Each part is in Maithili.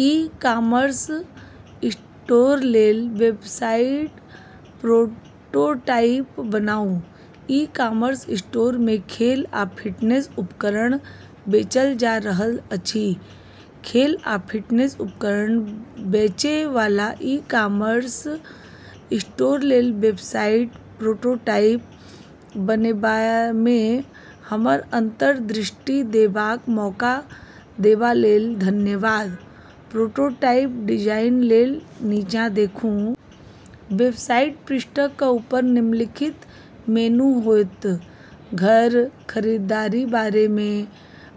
ई-कॉमर्स स्टोरलेल वेबसाइट प्रोटोटाइप बनाउ। ई-कॉमर्स स्टोरमे खेल आ फिटनेस उपकरण बेचल जा रहल अछि। खेल आ फिटनेस उपकरण बेचैवाला ई-कॉमर्स स्टोरलेल वेबसाइट प्रोटोटाइप बनेबामे हमर अन्तर्दृष्टि देबाक मौका देबालेल धन्यवाद। प्रोटोटाइप डिजाइनलेल नीचाँ देखू। वेबसाइटपर पृष्ठक ऊपर निम्नलिखित मेनू होयत: घर, खरीदारी, बारेमे,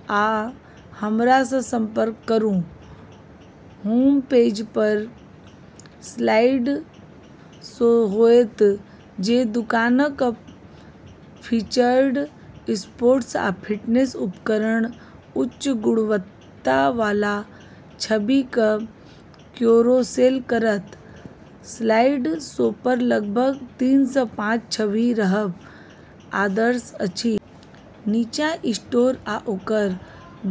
आ हमरासँ सम्पर्क करू। होम पेजपर स्लाइड शो होयत जे दुकानक फीचर्ड स्पोर्ट्स आ फिटनेस उपकरणक उच्च गुणवत्तावाला छबिक क्यारोसेल करत। स्लाइड शोपर लगभग तीनसँ पाँच छवि रहब आदर्श अछि। नीचाँ स्टोर आ ओकर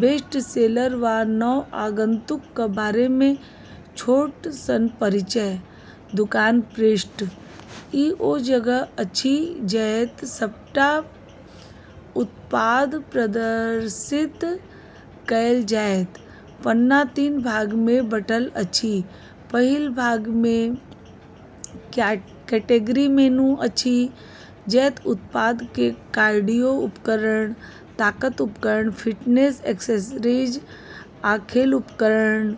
बेस्टसेलर वा नव आगन्तुकक बारेमे छोट सन परिचय। दुकान पृष्ठ: ई ओ जगह अछि जतय सबटा उत्पाद प्रदर्शित कएल जायत। पन्ना तीन भागमे बँटल अछि। पहिल भाग क्याटेगरी मेनू अछि, जतय उत्पादकेँ कार्डियो उपकरण, ताकत उपकरण, फिटनेस एक्सेसरीज, आ खेल उपकरण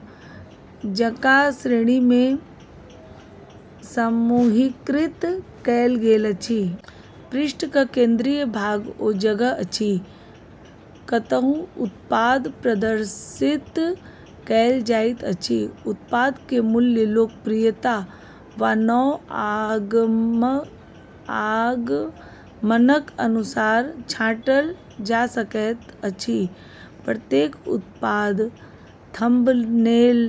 जकाँ श्रेणीमे समूहीकृत कएल गेल अछि। पृष्ठक केन्द्रीय भाग ओ जगह अछि, कतहु उत्पाद प्रदर्शित कएल जाइत अछि। उत्पादकेँ मूल्य, लोकप्रियता, वा नव आगमनक अनुसार छाँटल जा सकैत अछि। प्रत्येक उत्पाद थम्बनेल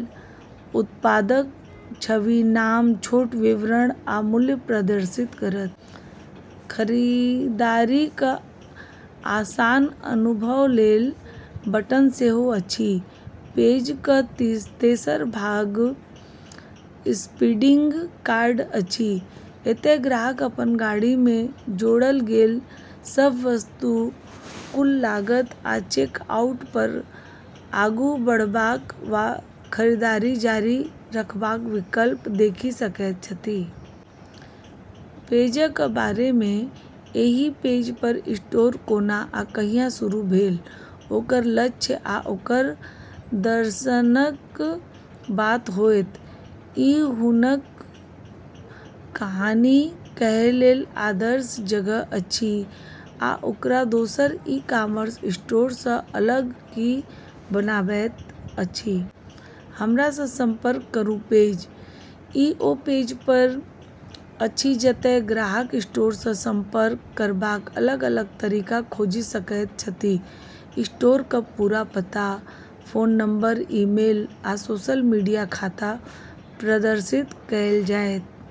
उत्पादक छवि, नाम, छोट विवरण, आ मूल्य प्रदर्शित करत। खरीदारीक आसान अनुभवलेल "" बटन सेहो अछि। पेजक तेसर भाग शपिङ्ग कार्ट अछि। एतय ग्राहक अपन गाड़ीमे जोडल गेल सभ वस्तु, कुल लागत, आ चेकआउटपर आगू बढ़बाक वा खरीदारी जारी रखबाक विकल्प देखि सकैत छथि। पेजक बारेमे: एहि पेजपर स्टोर कोना आ कहिया शुरू भेल, ओकर लक्ष्य, आ ओकर दर्शनक बात होयत। ई हुनक कहानी कहैलेल आदर्श जगह अछि आ ओकरा दोसर ई-कॉमर्स स्टोरसँ अलग की बनाबैत अछि। हमरासँ सम्पर्क करू पेज: ई ओ पेज अछि जतय ग्राहक स्टोरसँ सम्पर्क करबाक अलग-अलग तरीका खोजि सकैत छथि। स्टोरक पूरा पता, फोन नम्बर, ईमेल, आ सोशल मीडिया खाता प्रदर्शित कएल जायत।